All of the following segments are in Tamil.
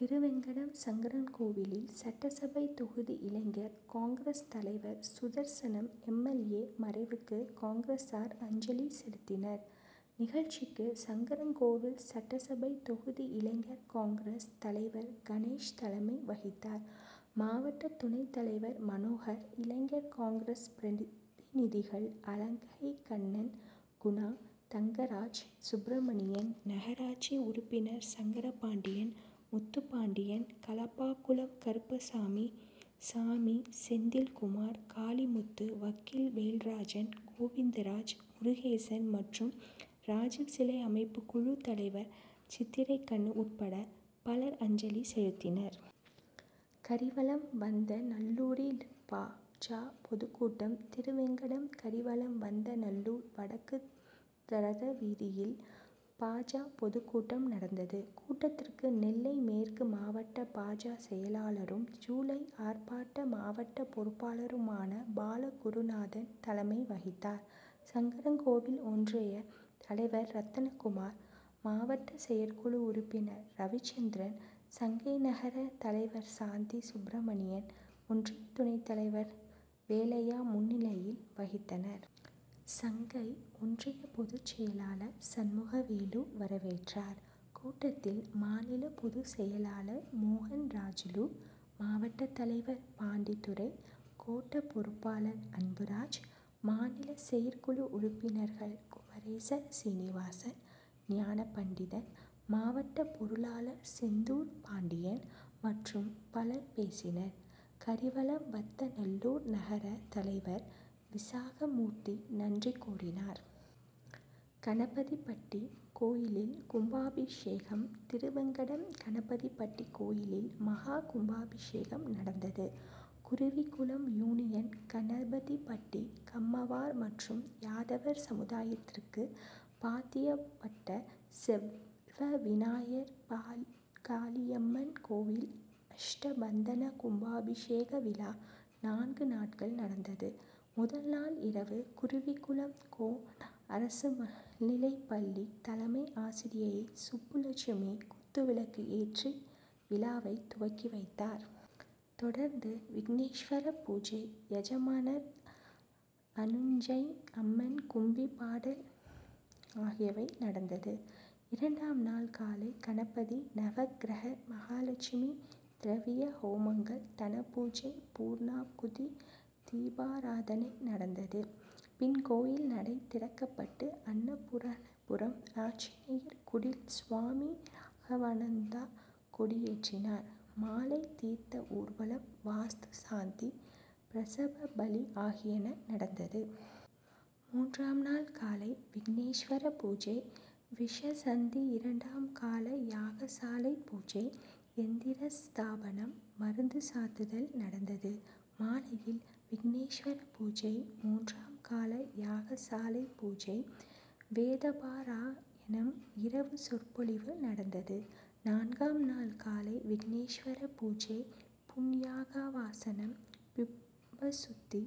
திருவேங்கடம் சங்கரன்கோவிலில் சட்டசபை தொகுதி இளைஞர் காங்.,தலைவர் சுதர்சனம் எம். எல். ஏ. மறைவுக்கு காங்கிரசார் அஞ்சலி செலுத்தினர். நிகழ்ச்சிக்கு சங்கரன்கோவில் சட்டசபை தொகுதி இளைஞர் காங்., தலைவர் கணேஷ் தலைமை வகித்தார். மாவட்ட துணைத் தலைவர் மனோகர், இளைஞர் காங்., பிரதிநிதிகள் அழகைகண்ணன், குணா, தங்கராஜ், சுப்பிரமணியன், நகராட்சி உறுப்பினர் சங்கரபாண்டியன், முத்துப்பாண்டியன், களப்பாகுளம் கருப்பசாமி, சாமி, செந்தில்குமார், காளிமுத்து, வக்கீல் வேல்ராஜன், கோவிந்தராஜ், முருகேசன் மற்றும் ராஜிவ் சிலை அமைப்பு குழு தலைவர் சித்திரைக்கண்ணு உட்பட பலர் அஞ்சலி செலுத்தினர். கரிவலம்வந்தநல்லூரில்பா. ஜ.,பொதுக்கூட்டம் திருவேங்கடம் கரிவலம்வந்தநல்லூர் வடக்குரத வீதியில் பா. ஜ.,பொதுக்கூட்டம் நடந்தது. கூட்டத்திற்கு நெல்லை மேற்கு மாவட்ட பா. ஜ.,செயலாளரும் ஜூலை ஆர்ப்பாட்ட மாவட்ட பொறுப்பாளருமான பாலகுருநாதன் தலைமை வகித்தார். சங்கரன்கோவில் ஒன்றிய தலைவர் ரத்னகுமார், மாவட்ட செயற்குழு உறுப்பினர் ரவிச்சந்திரன், சங்கை நகர தலைவர் சாந்தி சுப்பிரமணியன், ஒன்றிய துணைத் தலைவர் வேலையா முன்னிலை வகித்தனர். சங்கை ஒன்றிய பொது செயலாளர் சண்முகவேலு வரவேற்றார். கூட்டத்தில் மாநில பொது செயலாளர் மோகன்ராஜூலு, மாவட்ட தலைவர் பாண்டித்துரை, கோட்ட பொறுப்பாளர் அன்புராஜ், மாநில செயற்குழு உறுப்பினர்கள் குமரேச சீனிவாசன், ஞானபண்டிதன், மாவட்ட பொருளாளர் செந்தூர்பாண்டியன் மற்றும் பலர் பேசினர். கரிவலம்வந்தநல்லூர் நகர தலைவர் விசாகமூர்த்தி நன்றி கூறினார். கணபதிபட்டி கோயிலில்கும்பாபிஷேகம் திருவேங்கடம் கணபதிபட்டி கோயிலில் மகா கும்பாபிஷேகம் நடந்தது. குருவிகுளம் யூனியன் கணபதிபட்டி கம்மவார் மற்றும் யாதவர் சமுதாயத்திற்கு பாத்தியப்பட்ட செல்வவிநாயர், பால்காளியம்மன் கோயில் அஷ்டபந்தன கும்பாபிஷேக விழா நான்கு நாட்கள் நடந்தது. முதல்நாள் இரவு குருவிகுளம் கோ. நா. அரசுமேல்நிலைப்பள்ளி தலைமை ஆசிரியை சுப்புலட்சுமி குத்துவிளக்கு ஏற்றி விழாவை துவக்கி வைத்தார். தொடர்ந்து விக்னேஸ்வர பூஜை, யஜமானர் அனுக்ஞை, அம்மன் கும்பிபாடல் ஆகியவை நடந்தது. இரண்டாம் நாள் காலை கணபதி, நவக்கிரக, மகாலெட்சுமி, திரவிய ஹோமங்கள், தனபூஜை, பூர்ணாகுதி, தீபாராதனை நடந்தது. பின் கோயில் நடை திறக்கப்பட்டு அன்னபூரணபுரம் ஆஞ்சநேயர் குடில் சுவாமி ராகவானந்தா கொடியேற்றினார். மாலை தீர்த்த ஊர்வலம், வாஸ்து சாந்தி, பிரவேசபலி ஆகியன நடந்தது. மூன்றாம் நாள் காலை விக்னேஸ்வர பூஜை, விசேஷசந்தி, இரண்டாம் கால யாகசாலை பூஜை, யந்திரஸ்தாபனம், மருந்து சாத்துதல் நடந்தது. மாலையில் விக்னேஸ்வர பூஜை, மூன்றாம் கால யாகசாலை பூஜை, வேதபாராயணம், இரவு சொற்பொழிவு நடந்தது. நான்காம் நாள் காலை விக்னேஸ்வர பூஜை, புண்யாகவாசனம், பிம்பசுத்தி,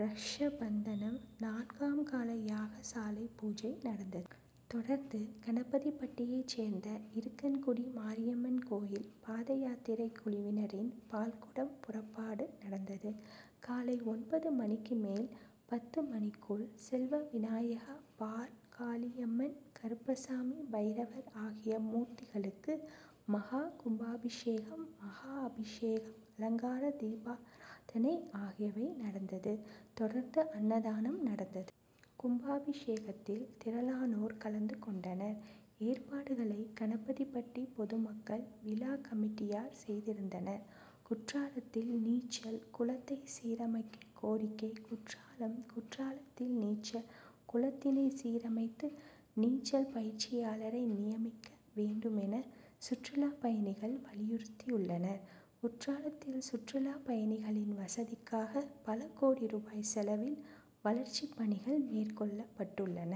ரக்ஷாபந்தனம், நான்காம் கால யாகசாலை பூஜை நடந்தது. தொடர்ந்து கணபதிபட்டியை சேர்ந்த இருக்கன்குடி மாரியம்மன் கோயில் பாதயாத்திரை குழுவினரின் பால்குடம் புறப்பாடு நடந்தது. காலை ஒன்பது மணிக்கு மேல் பத்து மணிக்குள் செல்வவிநாயகா, பால்காளியம்மன், கருப்பசாமி, பைரவர் ஆகிய மூர்த்திகளுக்கு மகா கும்பாபிஷேகம், மகா அபிஷேகம், அலங்கார தீபாராதனை ஆகியவை நடந்தது. தொடர்ந்து அன்னதானம் நடந்தது. கும்பாபிஷேகத்தில் திரளானோர் கலந்து கொண்டனர். ஏற்பாடுகளை கணபதிபட்டி பொதுமக்கள், விழா கமிட்டியார் செய்திருந்தனர். குற்றாலத்தில் நீச்சல் குளத்தைசீரமைக்க கோரிக்கை குற்றாலம் குற்றாலத்தில் நீச்சல் குளத்தினை சீரமைத்து, நீச்சல் பயிற்சியாளரை நியமிக்க வேண்டுமென சுற்றுலா பயணிகள் வலியுறுத்தியுள்ளனர். குற்றாலத்தில் சுற்றுலா பயணிகளின் வசதிக்காக பல கோடி ரூபாய் செலவில் வளர்ச்சிப் பணிகள் மேற்கொள்ளப்பட்டுள்ளன.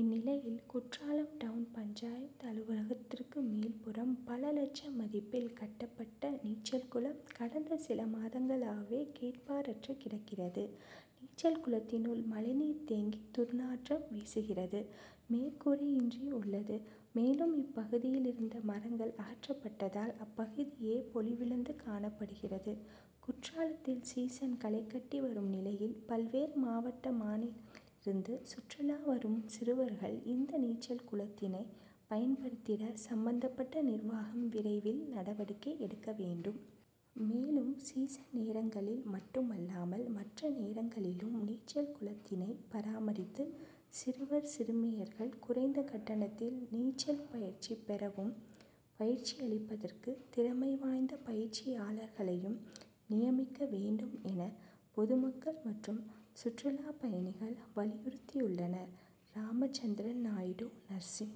இந்நிலையில் குற்றாலம் டவுன் பஞ்., அலுவலகத்திற்கு மேல்புறம் பல லட்சம் மதிப்பில் கட்டப்பட்ட நீச்சல்குளம் கடந்த சில மாதங்களாகவே கேட்பாரற்று கிடக்கிறது. நீச்சல் குளத்தினுள் மழைநீர் தேங்கி துர்நாற்றம் வீசுகிறது. மேற்கூரையின்றி உள்ளது. மேலும் இப்பகுதியில் இருந்த மரங்கள் அகற்றப்பட்டதால் அப்பகுதியே பொலிவிழந்து காணப்படுகிறது. குற்றாலத்தில் சீசன் களைகட்டி வரும் நிலையில் பல்வேறு மாவட்ட, மாநிலங்களிலிருந்து சுற்றுலா வரும் சிறுவர்கள் இந்த நீச்சல் குளத்தினை பயன்படுத்திட சம்பந்தப்பட்ட நிர்வாகம் விரைவில் நடவடிக்கை எடுக்க வேண்டும். மேலும் சீசன் நேரங்களில் மட்டுமல்லாமல் மற்ற நேரங்களிலும் நீச்சல்குளத்தினை பராமரித்து சிறுவர், சிறுமியர்கள் குறைந்த கட்டணத்தில் நீச்சல் பயிற்சி பெறவும், பயிற்சியளிப்பதற்கு திறமை வாய்ந்த பயிற்சியாளர்களையும் நியமிக்க வேண்டும் என பொதுமக்கள் மற்றும் சுற்றுலா பயணிகள் வலியுறுத்தியுள்ளனர். ராமச்சந்திரன் நாயுடு நர்சிங்